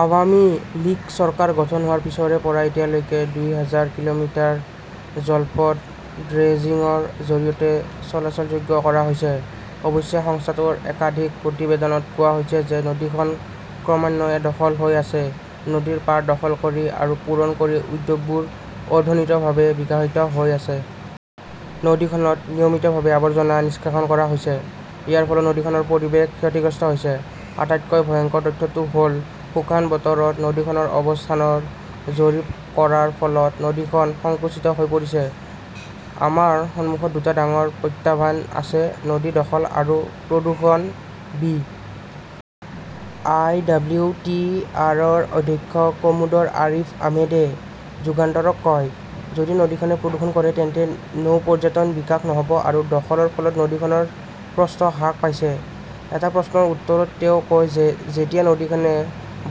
Awami League চৰকাৰ গঠন হোৱাৰ পিছৰে পৰা এতিয়ালৈকে দুই হাজাৰ কিলোমিটাৰ জলপথ ড্ৰেজিংৰ জৰিয়তে চলাচলযোগ্য কৰা হৈছে। অৱশ্যে, সংস্থাটোৰ একাধিক প্ৰতিবেদনত কোৱা হৈছে যে নদীখন ক্ৰমান্বয়ে দখল হৈ আছে। নদীৰ পাৰ দখল কৰি আৰু পূৰণ কৰি উদ্যোগবোৰ অনিৰ্ধাৰিতভাৱে বিকশিত হৈ আছে। নদীখনত নিয়মিতভাৱে আৱৰ্জনা নিষ্কাশন কৰা হৈছে। ইয়াৰ ফলত নদীখনৰ পৰিৱেশ ক্ষতিগ্ৰস্ত হৈছে। আটাইতকৈ ভয়ংকৰ তথ্যটো হ'ল, শুকান বতৰত নদীখনৰ অৱস্থানৰ জৰীপ কৰাৰ ফলত নদীখন সংকুচিত হৈ পৰিছে। "আমাৰ সন্মুখত দুটা ডাঙৰ প্ৰত্যাহ্বান আছে-নদী দখল আৰু প্ৰদূষণ ", বি. আই. ডব্লিউ. টি. এ.ৰ অধ্যক্ষ কমোডাৰ আৰিফ আহমেদে যুগান্তৰক কয়। যদি নদীখনে প্ৰদূষণ কৰে তেন্তে নৌ পৰ্যটনৰ বিকাশ নহ'ব আৰু দখলৰ ফলত নদীখনৰ প্ৰস্থ হ্ৰাস পাইছে। এটা প্ৰশ্নৰ উত্তৰত তেওঁ কয় যে যেতিয়া নদীখনে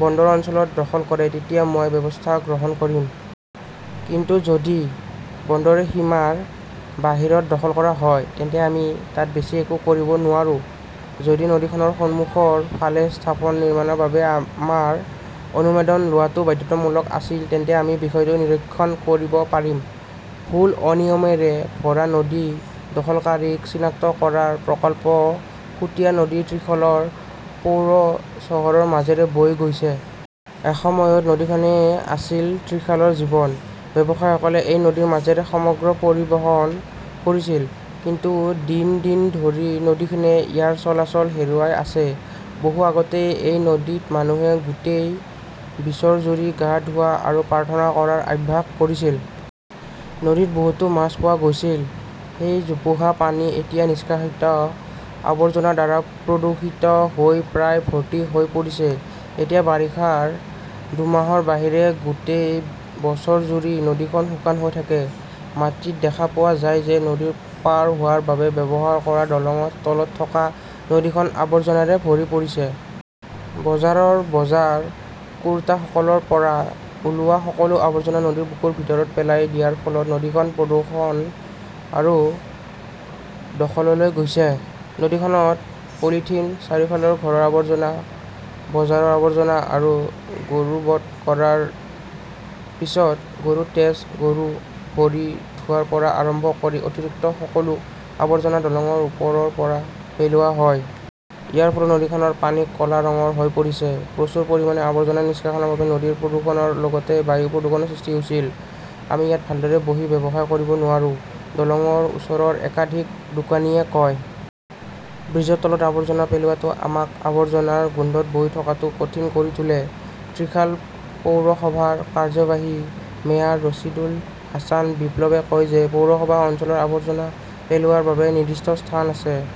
বন্দৰ অঞ্চলত দখল কৰে তেতিয়া মই ব্যৱস্থা গ্ৰহণ কৰিম। কিন্তু যদি বন্দৰৰ সীমাৰ বাহিৰত দখল কৰা হয়, তেন্তে আমি তাত বেছি একো কৰিব নোৱাৰো। যদি নদীখনৰ সন্মুখৰ ফালে স্থাপন নিৰ্মাণৰ বাবে আমাৰ অনুমোদন লোৱাটো বাধ্যতামূলক আছিল তেন্তে আমি বিষয়টো নিৰীক্ষণ কৰিব পাৰিম। ভুল-অনিয়মৰে ভৰা নদী দখলকাৰীক চিনাক্ত কৰাৰ প্ৰকল্প সুতিয়া নদী ত্ৰিশালৰ পৌৰ চহৰৰ মাজেৰে বৈ গৈছে। এসময়ত নদীখনেই আছিল ত্ৰিশালৰ জীৱন। ব্যৱসায়ীসকলে এই নদীৰ মাজেৰে সামগ্ৰী পৰিবহণ কৰিছিল। কিন্তু দিন দিন ধৰি নদীখনে ইয়াৰ চলাচল হেৰুৱাই আছে। বহু আগতেই এই নদীত মানুহে গোটেই বছৰজুৰি গা ধোৱা আৰু প্ৰাৰ্থনা কৰাৰ অভ্যাস কৰিছিল। নদীত বহুতো মাছ পোৱা গৈছিল। সেই জোপোহা পানী এতিয়া নিষ্কাশিত আৱৰ্জনাৰ দ্বাৰা প্ৰদূষিত হৈ প্ৰায় ভৰ্তি হৈ পৰিছে। এতিয়া বাৰিষাৰ দুমাহৰ বাহিৰে গোটেই বছৰজুৰি নদীখন শুকান হৈ থাকে। মাটিত দেখা পোৱা যায় যে নদীখন পাৰ হোৱাৰ বাবে ব্যৱহাৰ কৰা দলংৰ তলত থকা নদীখন আবৰ্জনাৰে ভৰি পৰিছে। বজাৰৰ বজাৰ কৰোঁতাসকলৰ পৰা ওলোৱা সকলো আৱৰ্জনা নদীৰ বুকুৰ ভিতৰত পেলাই দিয়াৰ ফলত নদীখন প্ৰদূষণ আৰু দখললৈ গৈছে। নদীখনত পলিথিন, চাৰিওফালৰ ঘৰৰ আৱৰ্জনা, বজাৰৰ আৱৰ্জনা আৰু গৰু বধ কৰাৰ পিছত গৰুৰ তেজ, গৰু, ভৰি ধোৱাৰ পৰা আৰম্ভ কৰি অতিৰিক্ত সকলো আৱৰ্জনা দলংৰ ওপৰৰ পৰা পেলোৱা হয়। ইয়াৰ ফলত নদীখনৰ পানী ক 'লা ৰঙৰ হৈ পৰিছে। প্ৰচুৰ পৰিমাণে আৱৰ্জনা নিষ্কাশনৰ বাবে নদীৰ প্ৰদূষণৰ লগতে বায়ু প্ৰদূষণৰ সৃষ্টি হৈছিল। "আমি ইয়াত ভালদৰে বহি ব্যৱসায় কৰিব নোৱাৰো ", দলংৰ ওচৰৰ একাধিক দোকানীয়ে কয়। ব্ৰীজৰ তলত আৱৰ্জনা পেলোৱাটোৱে আমাক আৱৰ্জনাৰ গোন্ধত বহি থকাটো কঠিন কৰি তোলে। ত্ৰিশাল পৌৰসভাৰ কাৰ্যবাহী মেয়ৰ ৰছিদুল হাছান বিপ্লৱে কয় যে পৌৰসভা অঞ্চলত আৱৰ্জনা পেলোৱাৰ বাবে নিৰ্দিষ্ট স্থান আছে।